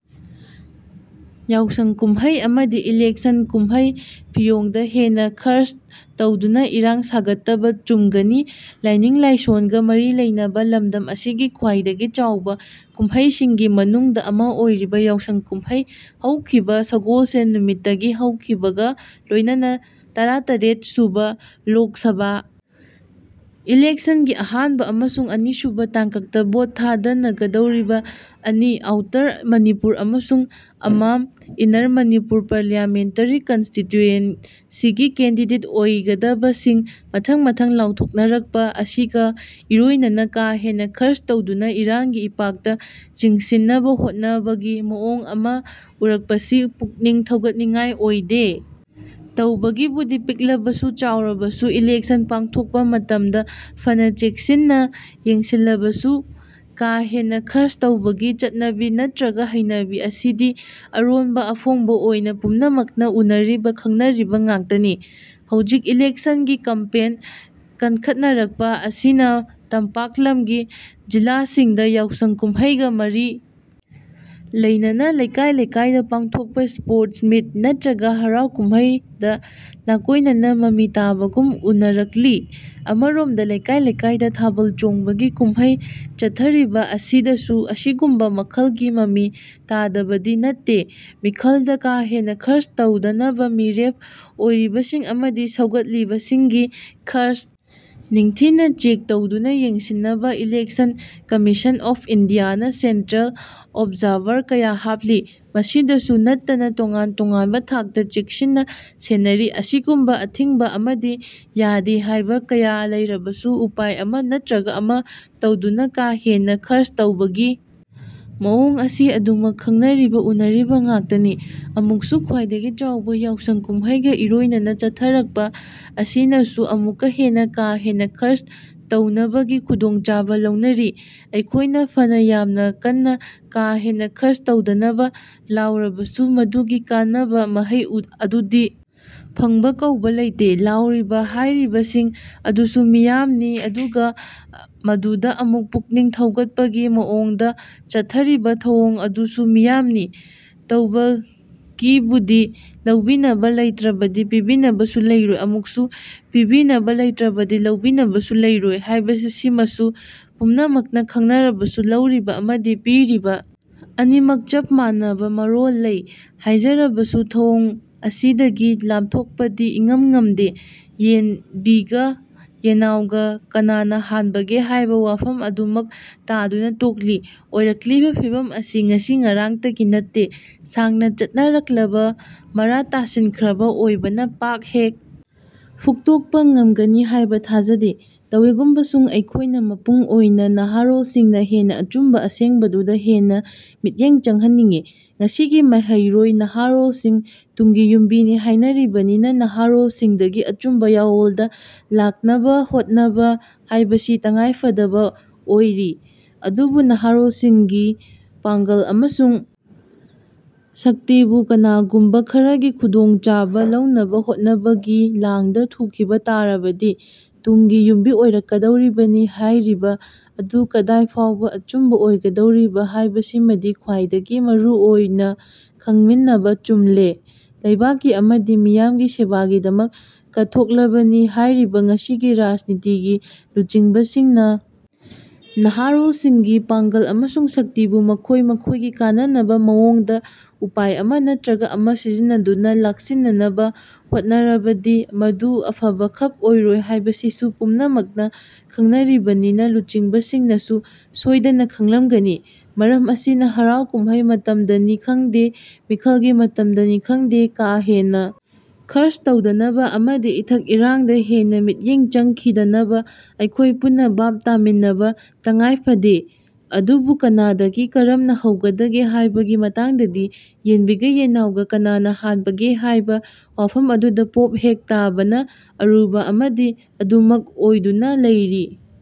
ꯌꯥꯎꯁꯪ ꯀꯨꯝꯍꯩ ꯑꯃꯗꯤ ꯏꯂꯦꯛꯁꯟ ꯀꯨꯝꯍꯩ-ꯐꯤꯌꯣꯡꯗ ꯍꯦꯟꯅ ꯈꯔꯆ ꯇꯧꯗꯨꯅ ꯏꯔꯥꯡ ꯁꯥꯒꯠꯇꯕ ꯆꯨꯝꯒꯅꯤ ꯂꯥꯏꯅꯤꯡ-ꯂꯥꯏꯁꯣꯟꯒ ꯃꯔꯤ ꯂꯩꯅꯕ ꯂꯝꯗꯝ ꯑꯁꯤꯒꯤ ꯈ꯭ꯋꯥꯏꯗꯒꯤ ꯆꯥꯎꯕ ꯀꯨꯝꯍꯩꯁꯤꯡꯒꯤ ꯃꯅꯨꯡꯗ ꯑꯃ ꯑꯣꯏꯔꯤꯕ ꯌꯥꯎꯁꯪ ꯀꯨꯝꯍꯩ ꯍꯧꯈꯤꯕ ꯁꯒꯣꯜꯁꯦꯟ ꯅꯨꯃꯤꯠꯇꯒꯤ ꯍꯧꯈꯤꯕꯒ ꯂꯣꯏꯅꯅ ꯇꯔꯥꯇꯔꯦꯠ ꯁꯨꯕ ꯂꯣꯛ ꯁꯚꯥ ꯏꯂꯦꯛꯁꯟꯒꯤ ꯑꯍꯥꯟꯕ ꯑꯃꯁꯨꯡ ꯑꯅꯤꯁꯨꯕ ꯇꯥꯡꯀꯛꯇ ꯚꯣꯠ ꯊꯥꯗꯅꯒꯗꯧꯔꯤꯕ ꯑꯅꯤ-ꯑꯥꯎꯇꯔ ꯃꯅꯤꯄꯨꯔ ꯑꯃꯁꯨꯡ ꯑꯃꯥꯝ-ꯏꯟꯅꯔ ꯃꯅꯤꯄꯨꯔ ꯄꯥꯔꯂꯤꯌꯥꯃꯦꯟꯇꯔꯤ ꯀꯟꯁꯇꯤꯇ꯭ꯌꯨꯌꯦꯟꯁꯤꯒꯤ ꯀꯦꯟꯗꯤꯗꯦꯠ ꯑꯣꯏꯒꯗꯕꯁꯤꯡ ꯃꯊꯪ-ꯃꯊꯪ ꯂꯥꯎꯊꯣꯛꯅꯔꯛꯄ ꯑꯁꯤꯒ ꯏꯔꯣꯏꯅꯅ ꯀꯥ-ꯍꯦꯟꯅ ꯈꯔꯆ ꯇꯧꯗꯨꯅ ꯏꯔꯥꯡꯒꯤ ꯏꯄꯥꯛꯇ ꯆꯤꯡꯁꯤꯟꯅꯕ ꯍꯣꯠꯅꯕꯒꯤ ꯃꯑꯣꯡ ꯑꯃꯗ ꯎꯔꯛꯄꯁꯤ ꯄꯨꯛꯅꯤꯡ ꯊꯧꯒꯠꯅꯤꯡꯉꯥꯏ ꯑꯣꯏꯗꯦ꯫ ꯇꯧꯕꯒꯤꯕꯨꯗꯤ ꯄꯤꯛꯂꯕꯁꯨ ꯆꯥꯎꯔꯕꯁꯨ ꯏꯂꯦꯛꯁꯟ ꯄꯥꯡꯊꯣꯛꯄ ꯃꯇꯝꯗ ꯐꯅ ꯆꯦꯛꯁꯤꯟꯅ ꯌꯦꯡꯁꯤꯜꯂꯕꯁꯨ ꯀꯥ-ꯍꯦꯟꯅ ꯈꯔꯆ ꯇꯧꯕꯒꯤ ꯆꯠꯅꯕꯤ ꯅꯠꯇ꯭ꯔꯒ ꯍꯩꯅꯕꯤ ꯑꯁꯤꯗꯤ ꯑꯔꯣꯟꯕ-ꯑꯐꯣꯡꯕ ꯑꯣꯏꯅ ꯄꯨꯝꯅꯃꯛꯅ ꯎꯅꯔꯤꯕ ꯈꯪꯅꯔꯤꯕ ꯉꯥꯛꯇꯅꯤ꯫ ꯍꯧꯖꯤꯛ ꯏꯂꯦꯛꯁꯟꯒꯤ ꯀꯦꯝꯄꯦꯟ ꯀꯟꯈꯠꯅꯔꯛꯄ ꯑꯁꯤꯅ ꯇꯝꯄꯥꯛ ꯂꯝꯒꯤ ꯖꯤꯂꯥꯁꯤꯡꯗ ꯌꯥꯎꯁꯪ ꯀꯨꯝꯍꯩꯒ ꯃꯔꯤ ꯂꯩꯅꯅ ꯂꯩꯀꯥꯏ-ꯂꯩꯀꯥꯏꯗ ꯄꯥꯡꯊꯣꯛꯄ ꯁ꯭ꯄꯣꯔꯠꯁ ꯃꯤꯠ ꯅꯠꯇ꯭ꯔꯒ ꯍꯔꯥꯎ ꯀꯨꯃꯩꯗ ꯅꯥꯀꯣꯏꯅꯅ ꯃꯃꯤ ꯇꯥꯕꯒꯨꯝ ꯎꯅꯔꯛꯂꯤ꯫ ꯑꯃꯔꯣꯝꯗ ꯂꯩꯀꯥꯏ-ꯂꯩꯀꯥꯏꯗ ꯊꯥꯕꯜ ꯆꯣꯡꯕꯒꯤ ꯀꯨꯝꯍꯩ ꯆꯠꯊꯔꯤꯕ ꯑꯁꯤꯗꯁꯨ ꯑꯁꯤꯒꯨꯝꯕ ꯃꯈꯜꯒꯤ ꯃꯃꯤ ꯇꯥꯗꯕꯗꯤ ꯅꯠꯇꯦ꯫ ꯃꯤꯈꯜꯗ ꯀꯥ-ꯍꯦꯟꯅ ꯈꯔꯆ ꯇꯧꯗꯅꯕ ꯃꯤꯔꯦꯞ ꯑꯣꯏꯔꯤꯕꯁꯤꯡ ꯑꯃꯗꯤ ꯁꯧꯒꯠꯂꯤꯕꯁꯤꯡꯒꯤ ꯈꯔꯆ ꯅꯤꯡꯊꯤꯅ ꯆꯦꯛ ꯇꯧꯗꯨꯅ ꯌꯦꯡꯁꯤꯟꯅꯕ ꯏꯂꯦꯛꯁꯟ ꯀꯝꯃꯤꯁꯟ ꯑꯣꯐ ꯏꯟꯗꯤꯌꯥꯅ ꯁꯦꯟꯇ꯭ꯔꯦꯜ ꯑꯣꯕꯖꯥꯔꯚꯔ ꯀꯌꯥ ꯍꯥꯞꯂꯤ꯫ ꯃꯁꯤꯗꯁꯨ ꯅꯠꯇꯅ ꯇꯣꯉꯥꯟ-ꯇꯣꯉꯥꯟꯕ ꯊꯥꯛꯇ ꯆꯦꯛꯁꯤꯟꯅ ꯁꯦꯟꯅꯔꯤ꯫ ꯑꯁꯤꯒꯨꯝꯕ ꯑꯊꯤꯡꯕ ꯑꯃꯗꯤ ꯌꯥꯗꯦ ꯍꯥꯏꯕ ꯀꯌꯥ ꯂꯩꯔꯕꯁꯨ ꯎꯄꯥꯏ ꯑꯃ ꯅꯠꯇ꯭ꯔꯒ ꯑꯃ ꯇꯧꯗꯨꯅ ꯀꯥꯍꯦꯟꯅ ꯈꯔꯆ ꯇꯧꯕꯒꯤ ꯃꯑꯣꯡ ꯑꯁꯤ ꯑꯗꯨꯝꯃꯛ ꯈꯪꯅꯔꯤꯕ ꯎꯅꯔꯤꯕ ꯉꯥꯛꯇꯅꯤ꯫ ꯑꯃꯨꯛꯁꯨ ꯈ꯭ꯋꯥꯏꯗꯒꯤ ꯆꯥꯎꯕ ꯌꯥꯎꯁꯪ ꯀꯨꯝꯍꯩꯒ ꯏꯔꯣꯏꯅꯅ ꯆꯠꯊꯔꯛꯄ ꯑꯁꯤꯅꯁꯨ ꯑꯃꯨꯛꯀ ꯍꯦꯟꯅ ꯀꯥ-ꯍꯦꯟꯅ ꯈꯔꯆ ꯇꯧꯅꯕꯒꯤ ꯈꯨꯗꯣꯡꯆꯥꯕ ꯂꯧꯅꯔꯤ꯫ ꯑꯩꯈꯣꯏꯅ ꯐꯅ ꯌꯥꯝꯅ ꯀꯟꯅ ꯀꯥ-ꯍꯦꯟꯅ ꯈꯔꯆ ꯇꯧꯗꯅꯕ ꯂꯥꯎꯔꯕꯁꯨ ꯃꯗꯨꯒꯤ ꯀꯥꯟꯅꯕ ꯃꯍꯩ ꯑꯗꯨꯗꯤ ꯐꯪꯕ ꯀꯧꯕ ꯂꯩꯇꯦ꯫ ꯂꯥꯎꯔꯤꯕ, ꯍꯥꯏꯔꯤꯕꯁꯤꯡ ꯑꯗꯨꯁꯨ ꯃꯤꯌꯥꯝꯅꯤ ꯑꯗꯨꯒ ꯃꯗꯨꯗ ꯑꯃꯨꯛ ꯄꯨꯛꯅꯤꯡ ꯊꯧꯒꯠꯄꯒꯤ ꯃꯑꯣꯡꯗ ꯆꯠꯊꯔꯤꯕ ꯊꯧꯑꯣꯡ ꯑꯗꯨꯁꯨ ꯃꯤꯌꯥꯝꯅꯤ꯫ ꯇꯧꯕꯒꯤꯕꯨꯗꯤ ꯂꯧꯕꯤꯅꯕ ꯂꯩꯇ꯭ꯔꯕꯗꯤ ꯄꯤꯕꯤꯅꯕꯁꯨ ꯂꯩꯔꯣꯏ, ꯑꯃꯨꯛꯁꯨ ꯄꯤꯕꯤꯅꯕ ꯂꯩꯇ꯭ꯔꯕꯗꯤ ꯂꯧꯕꯤꯅꯕꯁꯨ ꯂꯩꯔꯣꯏ ꯍꯥꯏꯕꯁꯤꯃꯁꯨ ꯄꯨꯝꯅꯃꯛꯅ ꯈꯪꯅꯔꯕꯁꯨ, ꯂꯧꯔꯤꯕ ꯑꯃꯗꯤ ꯄꯤꯔꯤꯕ ꯑꯅꯤꯃꯛ ꯆꯞ ꯃꯥꯟꯅꯕ ꯃꯔꯣꯜ ꯂꯩ ꯍꯥꯏꯖꯔꯕꯁꯨ ꯊꯧꯑꯣꯡ ꯑꯁꯤꯗꯒꯤ ꯂꯥꯞꯊꯣꯛꯄꯗꯤ ꯏꯉꯝ ꯉꯝꯗꯦ꯫ ꯌꯦꯟꯕꯤꯒ ꯌꯦꯟꯅꯥꯎꯒ ꯀꯅꯥꯅ ꯍꯟꯕꯒꯦ ꯍꯥꯏꯕ ꯋꯥꯐꯝ ꯑꯗꯨꯃꯛ ꯇꯥꯗꯨꯅ ꯇꯣꯛꯂꯤ꯫ ꯑꯣꯏꯔꯛꯂꯤꯕ ꯐꯤꯚꯝ ꯑꯁꯤ ꯉꯁꯤ ꯉꯔꯥꯡꯇꯒꯤ ꯅꯠꯇꯦ ꯁꯥꯡꯅ ꯆꯠꯅꯔꯛꯂꯕ ꯃꯔꯥ ꯇꯥꯁꯤꯟꯈ꯭ꯔꯕ ꯑꯣꯏꯕꯅ ꯄꯥꯛ ꯍꯦꯛ ꯐꯨꯛꯇꯣꯛꯄ ꯉꯝꯒꯅꯤ ꯍꯥꯏꯕ ꯊꯥꯖꯗꯦ꯫ ꯇꯧꯏꯒꯨꯝꯕꯁꯨꯡ ꯑꯩꯈꯣꯏꯅ ꯃꯄꯨꯡ ꯑꯣꯏꯅ ꯅꯍꯥꯔꯣꯜꯁꯤꯡꯅ ꯍꯦꯟꯅ ꯑꯆꯨꯝꯕ ꯑꯁꯦꯡꯕꯗꯨꯗ ꯍꯦꯟꯅ ꯃꯤꯠꯌꯦꯡ ꯆꯪꯍꯟꯅꯤꯡꯏ꯫ ꯉꯁꯤꯒꯤ ꯃꯍꯩꯔꯣꯏ, ꯅꯍꯥꯔꯣꯜꯁꯤꯡ ꯇꯨꯡꯒꯤ ꯌꯨꯝꯕꯤꯅꯤ ꯍꯥꯏꯔꯤꯕꯅꯤꯅ ꯅꯍꯥꯔꯣꯜꯁꯤꯡꯗꯒꯤ ꯑꯆꯨꯝꯕ ꯃꯥꯌꯣꯜꯗ ꯂꯥꯛꯅꯕ ꯍꯣꯠꯅꯕ ꯍꯥꯏꯕꯁꯤ ꯇꯉꯥꯏꯐꯗꯕ ꯑꯣꯏꯔꯤ꯫ ꯑꯗꯨꯕꯨ ꯅꯍꯥꯔꯣꯜꯁꯤꯡꯒꯤ ꯄꯥꯡꯒꯜ ꯑꯃꯁꯨꯡ ꯁꯛꯇꯤꯕꯨ ꯀꯅꯥꯒꯨꯝꯕ ꯈꯔꯒꯤ ꯈꯨꯗꯣꯡꯆꯥꯕ ꯂꯧꯅꯕ ꯍꯣꯠꯅꯕꯒꯤ ꯂꯥꯡꯗ ꯊꯨꯈꯤꯕ ꯇꯥꯔꯕꯗꯤ ꯇꯨꯡꯒꯤ ꯌꯨꯝꯕꯤ ꯑꯣꯏꯔꯛꯀꯗꯧꯔꯤꯕꯅꯤ ꯍꯥꯏꯔꯤꯕ ꯑꯗꯨ ꯀꯗꯥꯏ ꯐꯥꯎꯕ ꯑꯆꯨꯝꯕ ꯑꯣꯏꯒꯗꯧꯔꯤ ꯍꯥꯏꯕꯁꯤꯃꯗꯤ ꯈ꯭ꯋꯥꯏꯗꯒꯤ ꯃꯔꯨ ꯑꯣꯏꯅ ꯈꯪꯃꯤꯟꯅꯕ ꯆꯨꯝꯂꯦ꯫ ꯂꯩꯕꯥꯛꯀꯤ ꯑꯃꯗꯤ ꯃꯤꯌꯥꯝꯒꯤ ꯁꯦꯕꯥꯒꯤꯗꯃꯛ ꯀꯠꯊꯣꯛꯂꯕꯅꯤ ꯍꯥꯏꯔꯤꯕ ꯉꯁꯤꯒꯤ ꯔꯥꯖꯅꯤꯇꯤ ꯂꯨꯆꯤꯡꯕꯁꯤꯡꯅ ꯅꯍꯥꯔꯣꯜꯁꯤꯡꯒꯤ ꯄꯥꯡꯒꯜ ꯑꯃꯁꯨꯡ ꯁꯛꯇꯤꯕꯨ ꯃꯈꯣꯏ-ꯃꯈꯣꯏꯒꯤ ꯀꯥꯟꯅꯅꯕ ꯃꯑꯣꯡꯗ ꯎꯄꯥꯏ ꯑꯃ ꯅꯠꯇ꯭ꯔꯒ ꯑꯃ ꯁꯤꯖꯤꯟꯅꯗꯨꯅ ꯂꯥꯛꯁꯤꯟꯅꯕ ꯍꯣꯠꯅꯔꯕꯗꯤ ꯃꯗꯨ ꯑꯐꯕ ꯈꯛ ꯑꯣꯏꯔꯣꯏ ꯍꯥꯏꯕꯁꯤꯁꯨ ꯄꯨꯝꯅꯃꯛꯅ ꯈꯪꯅꯔꯤꯕꯅꯤꯅ ꯂꯨꯆꯤꯡꯕꯁꯤꯡꯅꯁꯨ ꯁꯣꯏꯗꯅ ꯈꯪꯂꯝꯒꯅꯤ꯫ ꯃꯔꯝ ꯑꯁꯤꯅ ꯍꯔꯥꯎ-ꯀꯨꯝꯍꯩ ꯃꯇꯝꯗꯅꯤ ꯈꯪꯗꯦ, ꯃꯤꯈꯜꯒꯤ ꯃꯇꯝꯗꯅꯤ ꯈꯪꯗꯦ ꯀꯥ-ꯍꯦꯟꯅ ꯈꯔꯆ ꯇꯧꯗꯅꯕ ꯑꯃꯗꯤ ꯏꯊꯛ-ꯏꯔꯥꯡꯗ ꯍꯦꯟꯅ ꯃꯤꯠꯌꯦꯡ ꯆꯪꯈꯤꯗꯅꯕ ꯑꯩꯈꯣꯏ ꯄꯨꯟꯅ ꯚꯥꯕ ꯇꯥꯃꯤꯟꯅꯕ ꯇꯉꯥꯏꯐꯗꯦ꯫ ꯑꯗꯨꯕꯨ ꯀꯅꯥꯗꯒꯤ ꯀꯔꯝꯅ ꯍꯧꯒꯗꯒꯦ ꯍꯥꯏꯕꯒꯤ ꯃꯇꯥꯡꯗꯗꯤ ꯌꯦꯟꯕꯤꯒ ꯌꯦꯟꯅꯥꯎꯒ ꯀꯅꯥꯅ ꯍꯥꯟꯕꯒꯦ ꯍꯥꯏꯕ ꯋꯥꯐꯝ ꯑꯗꯨꯗ ꯄꯣꯞ ꯍꯦꯛ ꯇꯥꯕꯅ ꯑꯔꯨꯕ ꯑꯃꯗꯤ ꯑꯗꯨꯝꯃꯛ ꯑꯣꯏꯗꯨꯅ ꯂꯩꯔꯤ꯫